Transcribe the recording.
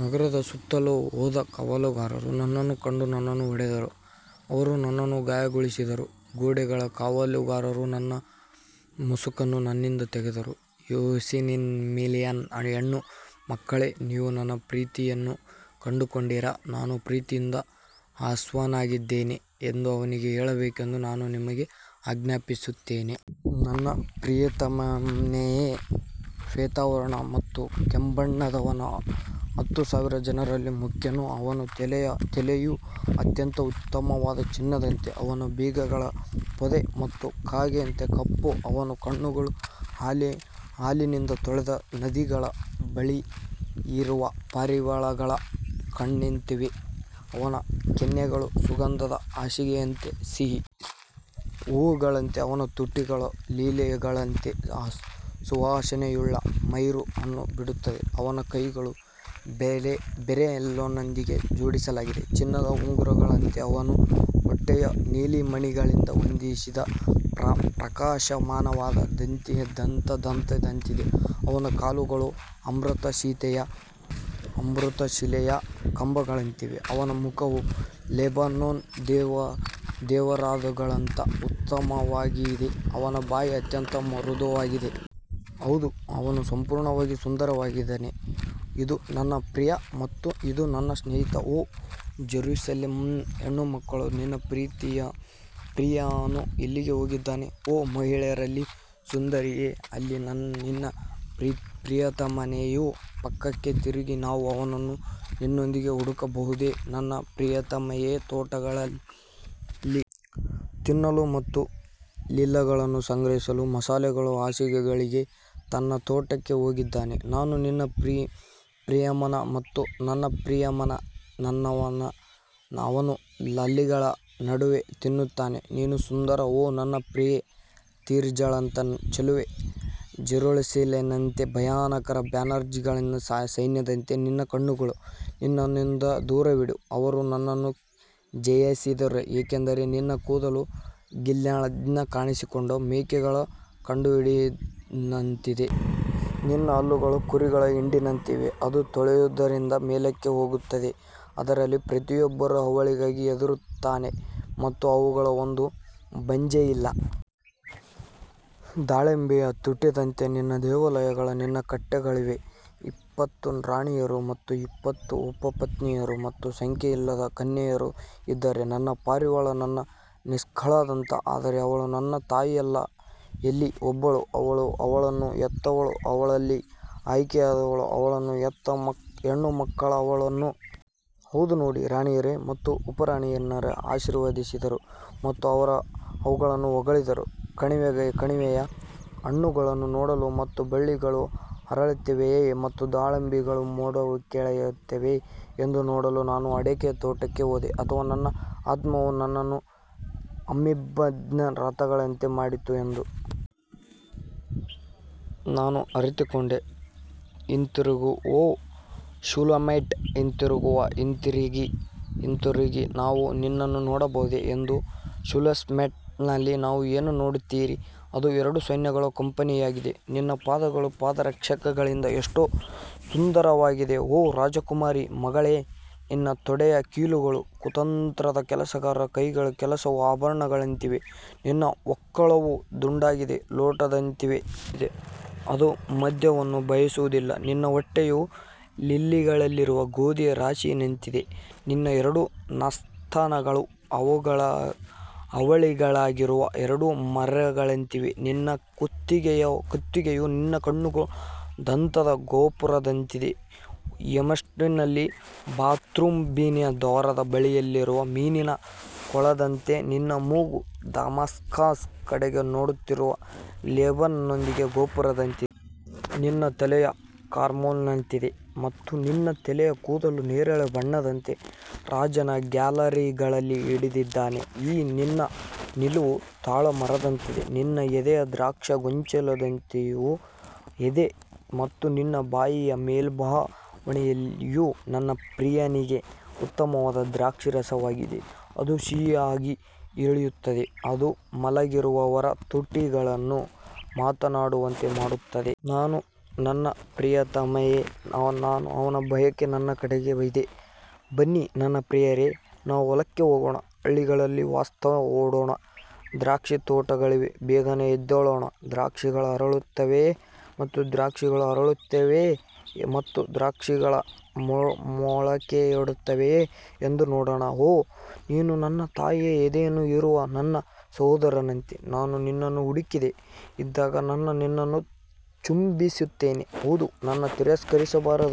ನಗರದ ಸುತ್ತಲೂ ಹೋದ ಕಾವಲುಗಾರರು ನನ್ನನ್ನು ಕಂಡು ನನ್ನನ್ನು ಹೊಡೆದರು ಅವರು ನನ್ನನ್ನು ಗಾಯಗೊಳಿಸಿದರು ಗೋಡೆಗಳ ಕಾವಲುಗಾರರು ನನ್ನ ಮುಸುಕನ್ನು ನನ್ನಿಂದ ತೆಗೆದರು ಯೆರೂಸಲೇಮಿನ ಹೆಣ್ಣು ಮಕ್ಕಳೇ, ನೀವು ನನ್ನ ಪ್ರಿಯನನ್ನು ಕಂಡುಕೊಂಡರೆ ನಾನು ಪ್ರೀತಿಯಿಂದ ಅಸ್ವಸ್ಥನಾಗಿದ್ದೇನೆ ಎಂದು ಅವನಿಗೆ ಹೇಳಬೇಕೆಂದು ನಾನು ನಿಮಗೆ ಆಜ್ಞಾಪಿಸುತ್ತೇನೆ. ನನ್ನ ಪ್ರಿಯತಮೆಯು ಶ್ವೇತವರ್ಣ ಮತ್ತು ಕೆಂಬಣ್ಣದವನು ಹತ್ತು ಸಾವಿರ ಜನರಲ್ಲಿ ಮುಖ್ಯನು ಅವನ ತಲೆಯು ಅತ್ಯಂತ ಉತ್ತಮವಾದ ಚಿನ್ನದಂತೆ ಅವನ ಬೀಗಗಳು ಪೊದೆ ಮತ್ತು ಕಾಗೆಯಂತೆ ಕಪ್ಪು ಅವನ ಕಣ್ಣುಗಳು ಹಾಲಿನಿಂದ ತೊಳೆದ ನದಿಗಳ ಬಳಿಯಿರುವ ಪಾರಿವಾಳಗಳ ಕಣ್ಣುಗಳಂತಿವೆ ಅವನ ಕೆನ್ನೆಗಳು ಸುಗಂಧದ ಹಾಸಿಗೆಯಂತೆ ಸಿಹಿ ಹೂವುಗಳಂತೆ ಅವನ ತುಟಿಗಳು ಲಿಲ್ಲಿಗಳಂತೆ ಸುವಾಸನೆಯುಳ್ಳ ಮೈರ್ ಅನ್ನು ಬಿಡುತ್ತವೆ ಅವನ ಕೈಗಳು ಬೆರಿಲ್ನೊಂದಿಗೆ ಜೋಡಿಸಲಾದ ಚಿನ್ನದ ಉಂಗುರಗಳಂತೆ ಅವನ ಹೊಟ್ಟೆಯು ನೀಲಮಣಿಗಳಿಂದ ಹೊದಿಸಿದ ಪ್ರಕಾಶಮಾನವಾದ ದಂತದಂತಿದೆ ಅವನ ಕಾಲುಗಳು ಅಮೃತಶಿಲೆಯ ಕಂಬಗಳಂತಿವೆ, ಅವನ ಮುಖವು ಲೆಬನೋನ್ ದೇವದಾರುಗಳಂತೆ ಉತ್ತಮವಾಗಿದೆ ಅವನ ಬಾಯಿ ಅತ್ಯಂತ ಮಧುರವಾಗಿದೆ ಹೌದು ಅವನು ಸಂಪೂರ್ಣವಾಗಿ ಸುಂದರವಾಗಿದೆ ಇದು ನನ್ನ ಪ್ರಿಯ ಮತ್ತು ಇದು ನನ್ನ ಸ್ನೇಹಿತ ಓ ಜೆರುಸಲೆಮ್ನ ಹೆಣ್ಣುಮಕ್ಕಳು ನಿನ್ನ ಪ್ರಿಯನು ಎಲ್ಲಿಗೆ ಹೋಗಿದ್ದಾನೆ ಓ ಮಹಿಳೆಯರಲ್ಲಿ ಸುಂದರಿಯೇ, ಅಲ್ಲಿ ನಿನ್ನ ಪ್ರಿಯತಮೆಯು ಪಕ್ಕಕ್ಕೆ ತಿರುಗಿ ನಾವು ಅವನನ್ನು ನಿನ್ನೊಂದಿಗೆ ಹುಡುಕಬಹುದು ನನ್ನ ಪ್ರಿಯತಮೆಯು ತೋಟಗಳಲ್ಲಿ ತಿನ್ನಲು ಮತ್ತು ಲಿಲ್ಲಿಗಳನ್ನು ಸಂಗ್ರಹಿಸಲು ಮಸಾಲೆಗಳ ಹಾಸಿಗೆಗಳಿಗೆ ತನ್ನ ತೋಟಕ್ಕೆ ಹೋಗಿದ್ದಾನೆ ನಾನು ನನ್ನ ಪ್ರಿಯನು ಮತ್ತು ನನ್ನ ಪ್ರಿಯನು ನನ್ನವನು ಅವನು ಲಿಲ್ಲಿಗಳ ನಡುವೆ ತಿನ್ನುತ್ತಾನೆ ನೀನು ಸುಂದರಿ ಓ ನನ್ನ ಪ್ರಿಯೆ ತಿರ್ಜಾಳಂತೆ ಚೆಲುವೆ ಜೆರುಸಲೇಮಿನಂತೆ ಭಯಂಕರ ಬ್ಯಾನರ್ಗಳಿರುವ ಸೈನ್ಯದಂತೆ ನಿನ್ನ ಕಣ್ಣುಗಳನ್ನು ನನ್ನಿಂದ ದೂರವಿಡು ಅವರು ನನ್ನನ್ನು ಜಯಿಸಿದ್ದಾರೆ ಏಕೆಂದರೆ ನಿನ್ನ ಕೂದಲು ಗಿಲ್ಯಾದ್ನಿಂದ ಕಾಣಿಸಿಕೊಂಡ ಮೇಕೆಗಳ ಹಿಂಡಿನಂತಿದೆ ನಿನ್ನ ಹಲ್ಲುಗಳು ಕುರಿಗಳ ಹಿಂಡಿನಂತಿವೆ, ಅದು ತೊಳೆಯುವುದರಿಂದ ಮೇಲಕ್ಕೆ ಹೋಗುತ್ತದೆ, ಅದರಲ್ಲಿ ಪ್ರತಿಯೊಬ್ಬರೂ ಅವಳಿಗಳನ್ನು ಹೆರುತ್ತಾರೆ ಮತ್ತು ಅವುಗಳಲ್ಲಿ ಒಂದು ಬಂಜೆಯಿಲ್ಲ. ದಾಳಿಂಬೆಯ ತುಂಡಿನಂತೆ ನಿನ್ನ ದೇವಾಲಯಗಳು ನಿನ್ನ ಕಟ್ಟೆಗಳಲ್ಲಿವೆ ಎಪ್ಪತ್ತು ರಾಣಿಯರು ಮತ್ತು ಎಪ್ಪತ್ತು ಉಪಪತ್ನಿಯರು ಮತ್ತು ಸಂಖ್ಯೆಯಿಲ್ಲದ ಕನ್ಯೆಯರು ಇದ್ದಾರೆ ನನ್ನ ಪಾರಿವಾಳ ನನ್ನ ನಿಷ್ಕಳಂಕ ಆದರೆ ಅವಳು ತನ್ನ ತಾಯಿಯಲ್ಲಿ ಒಬ್ಬಳೇ ಅವಳು ಅವಳನ್ನು ಹೆತ್ತವಳು ಅವಳಲ್ಲಿ ಆಯ್ಕೆಯಾದವಳು ಅವಳನ್ನು ಹೆತ್ತ ಹೆಣ್ಣುಮಕ್ಕಳು ಅವಳನ್ನು ನೋಡಿ ಹೌದು ರಾಣಿಯರು ಮತ್ತು ಉಪಪತ್ನಿಯರನ್ನು ಆಶೀರ್ವದಿಸಿದರು ಮತ್ತು ಅವರು ಅವಳನ್ನು ಹೊಗಳಿದರು ಕಣಿವೆಯ ಹಣ್ಣುಗಳನ್ನು ನೋಡಲು ಮತ್ತು ಬಳ್ಳಿಗಳು ಅರಳುತ್ತವೆಯೇ ಮತ್ತು ದಾಳಿಂಬೆಗಳು ಮೊಳಕೆಯೊಡೆಯುತ್ತವೆಯೇ ಎಂದು ನೋಡಲು ನಾನು ಅಡಿಕೆ ತೋಟಕ್ಕೆ ಹೋದೆ ಅಥವಾ ನನ್ನ ಆತ್ಮವು ನನ್ನನ್ನು ಅಮ್ಮಿನದಿಬ್ನ ರಥಗಳಂತೆ ಮಾಡಿತು ಎಂದು ನಾನು ಅರಿತುಕೊಂಡೆ ಹಿಂತಿರುಗಿ ಓ ಶೂಲಮೈಟ್ ಹಿಂತಿರುಗಿ ಹಿಂತಿರುಗಿ ನಾವು ನಿನ್ನನ್ನು ನೋಡಬಹುದು ಎಂದು ಶೂಲಮೈಟ್ನಲ್ಲಿ ನೀವು ಏನು ನೋಡುತ್ತೀರಿ ಅದು ಎರಡು ಸೈನ್ಯಗಳ ಕಂಪನಿಯಾಗಿದೆ ನಿನ್ನ ಪಾದಗಳು ಪಾದರಕ್ಷೆಗಳಿಂದ ಎಷ್ಟು ಸುಂದರವಾಗಿವೆ ಓ ರಾಜಕುಮಾರ ಮಗಳೇ, ನಿನ್ನ ತೊಡೆಯ ಕೀಲುಗಳು ಕುತಂತ್ರದ ಕೆಲಸಗಾರನ ಕೈಗಳ ಕೆಲಸವು ಆಭರಣಗಳಂತಿವೆ ನಿನ್ನ ಹೊಕ್ಕುಳವು ದುಂಡಗಿನ ಲೋಟದಂತಿದೆ, ಅದು ಮದ್ಯವನ್ನು ಬಯಸುವುದಿಲ್ಲ, ನಿನ್ನ ಹೊಟ್ಟೆಯು ಲಿಲ್ಲಿಗಳಿರುವ ಗೋಧಿಯ ರಾಶಿಯಂತಿದೆ ನಿನ್ನ ಎರಡು ಸ್ತನಗಳು ಅವಳಿಗಳಾಗಿರುವ ಎರಡು ಮರಿಗಳಂತಿವೆ ನಿನ್ನ ಕುತ್ತಿಗೆಯು ನಿನ್ನ ಕಣ್ಣುಗಳ ದಂತದ ಗೋಪುರದಂತಿದೆ, ಹೆಷ್ಬೋನಿನಲ್ಲಿ ಬಾತ್ರಬ್ಬೀಮಿನ ದ್ವಾರದ ಬಳಿಯಲ್ಲಿರುವ ಮೀನಿನ ಕೊಳಗಳಂತೆ ನಿನ್ನ ಮೂಗು ದಮಾಸ್ಕಸ್ ಕಡೆಗೆ ನೋಡುತ್ತಿರುವ ಲೆಬನೋನಿನ ಗೋಪುರದಂತಿದೆ. ನಿನ್ನ ತಲೆಯು ಕಾರ್ಮೆಲ್ನಂತಿದೆ ಮತ್ತು ನಿನ್ನ ತಲೆಯ ಕೂದಲು ನೇರಳೆ ಬಣ್ಣದಂತೆ ರಾಜನು ಗ್ಯಾಲರಿಗಳಲ್ಲಿ ಹಿಡಿದಿದ್ದಾನೆ ಈ ನಿನ್ನ ನಿಲುವು ತಾಳೆ ಮರದಂತೆಯೂ ನಿನ್ನ ಎದೆಯು ದ್ರಾಕ್ಷಿ ಗೊಂಚಲುಗಳಂತೆಯೂ ಇದೆ. ಮತ್ತು ನಿನ್ನ ಬಾಯಿಯ ಮೇಲ್ಛಾವಣಿಯು ನನ್ನ ಪ್ರಿಯನಿಗೆ ಉತ್ತಮವಾದ ದ್ರಾಕ್ಷಾರಸವಾಗಿದೆ, ಅದು ಸಿಹಿಯಾಗಿ ಇಳಿಯುತ್ತದೆ, ಅದು ಮಲಗಿರುವವರ ತುಟಿಗಳನ್ನು ಮಾತನಾಡುವಂತೆ ಮಾಡುತ್ತದೆ. ನಾನು ನನ್ನ ಪ್ರಿಯತಮೆ ಮತ್ತು ಅವನ ಬಯಕೆ ನನ್ನ ಕಡೆಗೆ ಇದೆ ಬನ್ನಿ ನನ್ನ ಪ್ರಿಯರೇ, ನಾವು ಹೊಲಕ್ಕೆ ಹೋಗೋಣ, ಹಳ್ಳಿಗಳಲ್ಲಿ ವಾಸ್ತವ್ಯ ಹೂಡೋಣ ದ್ರಾಕ್ಷಿತೋಟಗಳಿಗೆ ಬೇಗನೆ ಎದ್ದೇಳೋಣ, ದ್ರಾಕ್ಷಿಗಳು ಅರಳುತ್ತವೆಯೇ ಮತ್ತು ದ್ರಾಕ್ಷಿಗಳು ಅರಳುತ್ತವೆಯೇ ಮತ್ತು ದಾಳಿಂಬೆಗಳು ಮೊಳಕೆಯೊಡೆಯುತ್ತವೆಯೇ ಎಂದು ನೋಡೋಣ. ಓಹ್ ನೀನು ನನ್ನ ತಾಯಿಯ ಎದೆಯನ್ನು ಹೀರುವ ನನ್ನ ಸಹೋದರನಂತೆ ನಾನು ನಿನ್ನನ್ನು ಹುಡುಕದೆ ಇದ್ದಾಗ ನಾನು ನಿನ್ನನ್ನು ಚುಂಬಿಸುತ್ತೇನೆ ಹೌದು ನಾನು ತಿರಸ್ಕರಿಸಬಾರದು.